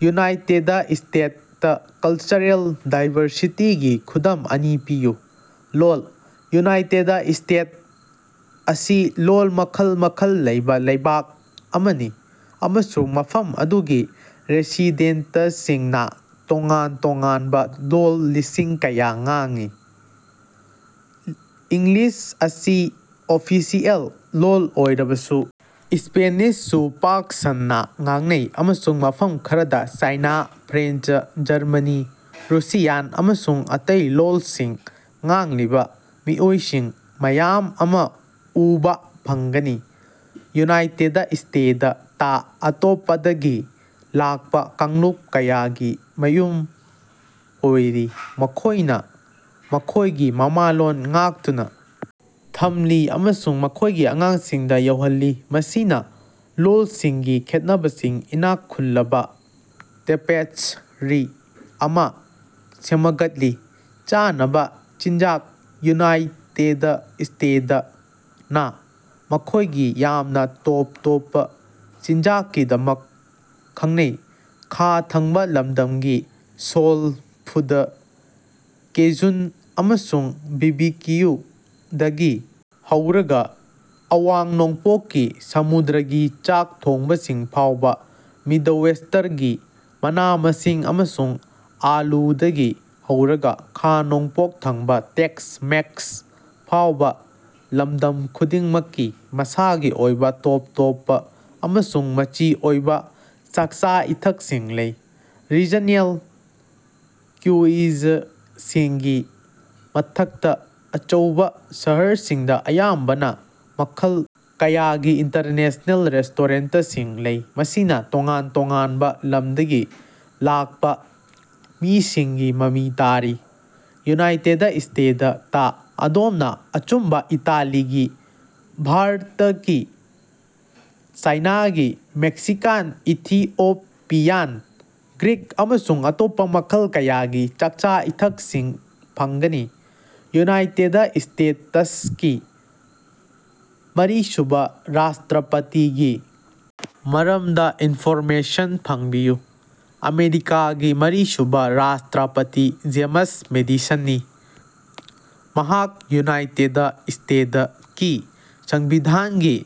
United state ꯇ cultural ꯗꯥꯏꯕꯔꯁꯤꯇꯤꯒꯤ ꯈꯨꯗꯝ ꯑꯅꯤ ꯄꯤꯌꯨ꯫ ꯂꯣꯜ: ꯌꯨꯅꯥꯏꯇꯦꯗ ꯁ꯭ꯇꯦꯠ ꯑꯁꯤ ꯂꯣꯜ ꯃꯈꯜ ꯃꯈꯜ ꯂꯩꯕ ꯂꯩꯕꯥꯛ ꯑꯃꯅꯤ ꯑꯃꯁꯨꯡ ꯃꯐꯝ ꯑꯗꯨꯒꯤ ꯔꯦꯁꯤꯗꯦꯟꯇꯁꯤꯡꯅꯥ ꯇꯣꯉꯥꯟ ꯇꯣꯉꯥꯟꯕ ꯂꯣꯜ ꯂꯤꯁꯤꯡ ꯀꯌꯥ ꯉꯥꯡꯏ꯫ ꯏꯪꯂꯤꯁ ꯑꯁꯤ ꯑꯣꯐꯤꯁꯤꯑꯦꯜ ꯂꯣꯜ ꯑꯣꯏꯔꯕꯁꯨ ꯁ꯭ꯄꯦꯅꯤꯁꯁꯨ ꯄꯥꯛ ꯁꯟꯅꯥ ꯉꯥꯡꯅꯩ ꯑꯃꯁꯨꯡ ꯃꯐꯝ ꯈꯔꯗ ꯆꯥꯏꯅꯥ, ꯐ꯭ꯔꯦꯟꯆ, ꯖꯔꯃꯅꯤ, ꯔꯨꯁꯤꯌꯥꯟ ꯑꯃꯁꯨꯡ ꯑꯇꯩ ꯂꯣꯜꯁꯤꯡ ꯉꯥꯡꯂꯤꯕ ꯃꯤꯑꯣꯏꯁꯤꯡ ꯃꯌꯥꯝ ꯑꯃ ꯎꯕꯥ ꯐꯪꯒꯅꯤ꯫ ꯌꯨꯅꯥꯏꯇꯦꯗ ꯁ꯭ꯇꯦꯗ ꯇꯥ ꯑꯇꯣꯞꯄꯗꯒꯤ ꯂꯥꯛꯄ ꯀꯥꯡꯂꯨꯞ ꯀꯌꯥꯒꯤ ꯃꯌꯨꯝ ꯑꯣꯏꯔꯤ ꯃꯈꯣꯢꯅ ꯃꯈꯣꯢꯒꯤ ꯃꯃꯥꯂꯣꯟ ꯉꯥꯛꯇꯨꯅ ꯊꯝꯂꯤ ꯑꯃꯁꯨꯡ ꯃꯈꯣꯢꯒꯤ ꯑꯉꯥꯡꯁꯤꯡꯗ ꯌꯧꯍꯜꯂꯤ ꯃꯁꯤꯅ ꯂꯣꯜꯁꯤꯡꯒꯤ ꯈꯦꯠꯅꯕꯁꯤꯡ ꯏꯅꯥꯛ ꯈꯨꯜꯂꯕ ꯇꯦꯄꯦꯁ꯭ꯠꯔꯤ ꯑꯃꯥ ꯁꯦꯃꯒꯠꯂꯤ꯫ ꯆꯥꯅꯕ ꯆꯤꯟꯖꯥꯛ: ꯌꯨꯅꯥꯏꯇꯦꯗ ꯁ꯭ꯇꯦꯗ ꯅꯥ ꯃꯈꯣꯢꯒꯤ ꯌꯥꯝꯅ ꯇꯣꯞ ꯇꯣꯞꯄ ꯆꯤꯟꯖꯥꯛꯀꯤꯗꯃꯛ ꯈꯡꯅꯩ꯫ ꯈꯥ ꯊꯪꯕꯥ ꯂꯝꯗꯝꯒꯤ ꯁꯣꯜ ꯐꯨꯗ, ꯀꯦꯖꯨꯟ ꯑꯃꯁꯨꯡ ꯕꯤꯕꯤꯀꯤꯎ ꯗꯒꯤ ꯍꯧꯔꯒ ꯑꯋꯥꯡ-ꯅꯣꯡꯄꯣꯛꯀꯤ ꯁꯃꯨꯗ꯭ꯔꯒꯤ ꯆꯥꯛ ꯊꯣꯡꯕꯁꯤꯡ ꯐꯥꯎꯕ ꯃꯤꯗꯋꯦꯁꯇꯔꯒꯤ ꯃꯅꯥ-ꯃꯁꯤꯡ ꯑꯃꯁꯨꯡ ꯑꯥꯂꯨꯗꯒꯤ ꯍꯧꯔꯒ ꯈꯥ-ꯅꯣꯡꯄꯣꯛ ꯊꯪꯕ ꯇꯦꯛꯁ-ꯃꯦꯛꯁ ꯐꯥꯎꯕ ꯂꯝꯗꯝ ꯈꯨꯗꯤꯡꯃꯛꯀꯤ ꯃꯁꯥꯒꯤ ꯑꯣꯏꯕ ꯇꯣꯞ ꯇꯣꯞꯄ ꯑꯃꯁꯨꯡ ꯃꯆꯤ ꯑꯣꯏꯕ ꯆꯥꯛꯆꯥ-ꯏꯊꯛꯁꯤꯡ ꯂꯩ꯫ ꯔꯤꯖꯅꯦꯜ ꯀ꯭ꯌꯨꯏꯖꯁꯤꯡꯒꯤ ꯃꯊꯛꯇ ꯑꯆꯧꯕ ꯁꯍꯔꯁꯤꯡꯗ ꯑꯌꯥꯝꯕꯅ ꯃꯈꯜ ꯀꯌꯥꯒꯤ ꯏꯟꯇꯔꯅꯦꯁꯅꯦꯜ ꯔꯦꯁꯇꯣꯔꯦꯟꯇꯁꯤꯡ ꯂꯩ ꯃꯁꯤꯅ ꯇꯣꯉꯥꯟ ꯇꯣꯉꯥꯟꯕ ꯂꯝꯗꯒꯤ ꯂꯥꯛꯄ ꯃꯤꯁꯤꯡꯒꯤ ꯃꯃꯤ ꯇꯥꯔꯤ꯫ ꯌꯨꯅꯥꯏꯇꯦꯗ ꯁ꯭ꯇꯦꯗ ꯇꯥ ꯑꯗꯣꯝꯅ ꯑꯆꯨꯝꯕ ꯏꯇꯥꯂꯤꯒꯤ, ꯚꯥꯔꯇꯀꯤ, ꯆꯥꯏꯅꯥꯒꯤ, ꯃꯦꯛꯁꯤꯀꯥꯟ, ꯏꯊꯤꯑꯣꯄꯤꯌꯥꯟ, ꯒ꯭ꯔꯤꯛ ꯑꯃꯁꯨꯡ ꯑꯇꯣꯞꯄ ꯃꯈꯜ ꯀꯌꯥꯒꯤ ꯆꯥꯛꯆꯥ-ꯏꯊꯛꯁꯤꯡ ꯐꯪꯒꯅꯤ꯫ ꯌꯨꯅꯥꯏꯇꯦꯗ ꯁ꯭ꯇꯦꯇꯁꯀꯤ ꯃꯔꯤꯁꯨꯕ ꯔꯥꯁꯇ꯭ꯔꯥꯄꯇꯤꯒꯤ ꯃꯔꯝꯗ ꯏꯟꯐꯣꯔꯃꯦꯁꯟ ꯐꯪꯕꯤꯌꯨ꯫ ꯑꯃꯦꯔꯤꯀꯥꯒꯤ ꯃꯔꯤꯁꯨꯕ ꯔꯥꯁꯇ꯭ꯔꯥꯄꯇꯤ ꯖꯦꯃꯁ ꯃꯦꯗꯤꯁꯟꯅꯤ꯫ ꯃꯍꯥꯛ ꯌꯨꯅꯥꯏꯇꯦꯗ ꯁ꯭ꯇꯦꯗ ꯀꯤ ꯁꯪꯕꯤꯙꯥꯟꯒꯤ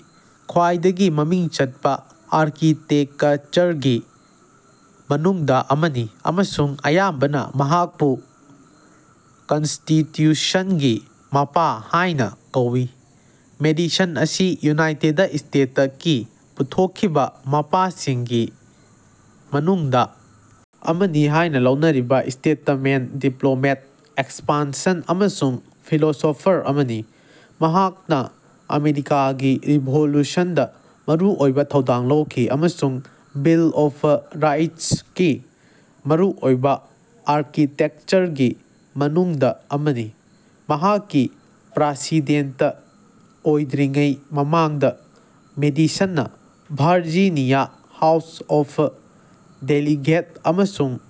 ꯈ꯭ꯋꯥꯏꯗꯒꯤ ꯃꯃꯤꯡ ꯆꯠꯄ ꯑꯥꯔꯀꯤꯇꯦꯀꯆꯔꯒꯤ ꯃꯅꯨꯡꯗ ꯑꯃꯅꯤ ꯑꯃꯁꯨꯡ ꯑꯌꯥꯝꯕꯅ ꯃꯍꯥꯛꯄꯨ "ꯀꯟꯁꯇꯤꯇ꯭ꯌꯨꯁꯟꯒꯤ ꯃꯄꯥ" ꯍꯥꯢꯅ ꯀꯧꯏ꯫ ꯃꯦꯗꯤꯁꯟ ꯑꯁꯤ ꯌꯨꯅꯥꯏꯇꯦꯗ ꯁ꯭ꯇꯦꯇꯀꯤ ꯄꯨꯊꯣꯛꯈꯤꯕ ꯃꯄꯥꯁꯤꯡꯒꯤ ꯃꯅꯨꯡꯗ ꯑꯃꯅꯤ ꯍꯥꯢꯅ ꯂꯧꯅꯔꯤꯕ ꯁ꯭ꯇꯦꯇꯃꯦꯟ, ꯗꯤꯄ꯭ꯂꯣꯃꯦꯠ, ꯑꯦꯛꯁꯄꯥꯟꯁꯟ ꯑꯃꯁꯨꯡ ꯐꯤꯂꯣꯁꯣꯐꯔ ꯑꯃꯅꯤ꯫ ꯃꯍꯥꯛꯅ ꯑꯃꯦꯔꯤꯀꯥꯒꯤ ꯔꯤꯚꯣꯂꯨꯁꯟꯗ ꯃꯔꯨꯑꯣꯏꯕ ꯊꯧꯗꯥꯡ ꯂꯧꯈꯤ ꯑꯃꯁꯨꯡ ꯕꯤꯜ ꯑꯣꯐ ꯔꯥꯏꯠꯁꯀꯤ ꯃꯔꯨꯑꯣꯏꯕ ꯑꯥꯔꯀꯤꯇꯦꯛꯆꯔꯒꯤ ꯃꯅꯨꯡꯗ ꯑꯃꯅꯤ꯫ ꯃꯍꯥꯛꯀꯤ ꯄ꯭ꯔꯥꯁꯤꯗꯦꯟꯇ ꯑꯣꯏꯗ꯭ꯔꯤꯉꯩ ꯃꯃꯥꯡꯗ ꯃꯦꯗꯤꯁꯟꯅ ꯚꯥꯔꯖꯤꯅꯤꯌꯥ ꯍꯥꯎꯁ ꯑꯣꯐ ꯗꯦꯂꯤꯒꯦꯠ ꯑꯃꯁꯨꯡ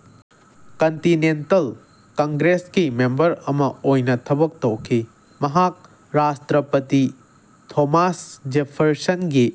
ꯀꯟꯇꯤꯅꯦꯟꯇꯜ ꯀꯪꯒ꯭ꯔꯦꯁꯀꯤ ꯃꯦꯝꯕꯔ ꯑꯃ ꯑꯣꯏꯅ ꯊꯕꯛ ꯇꯧꯈꯤ꯫ ꯃꯍꯥꯛ ꯔꯥꯁꯇ꯭ꯔꯥꯄꯇꯤ ꯊꯣꯃꯥꯁ ꯖꯦꯐꯔꯁꯟꯒꯤ꯫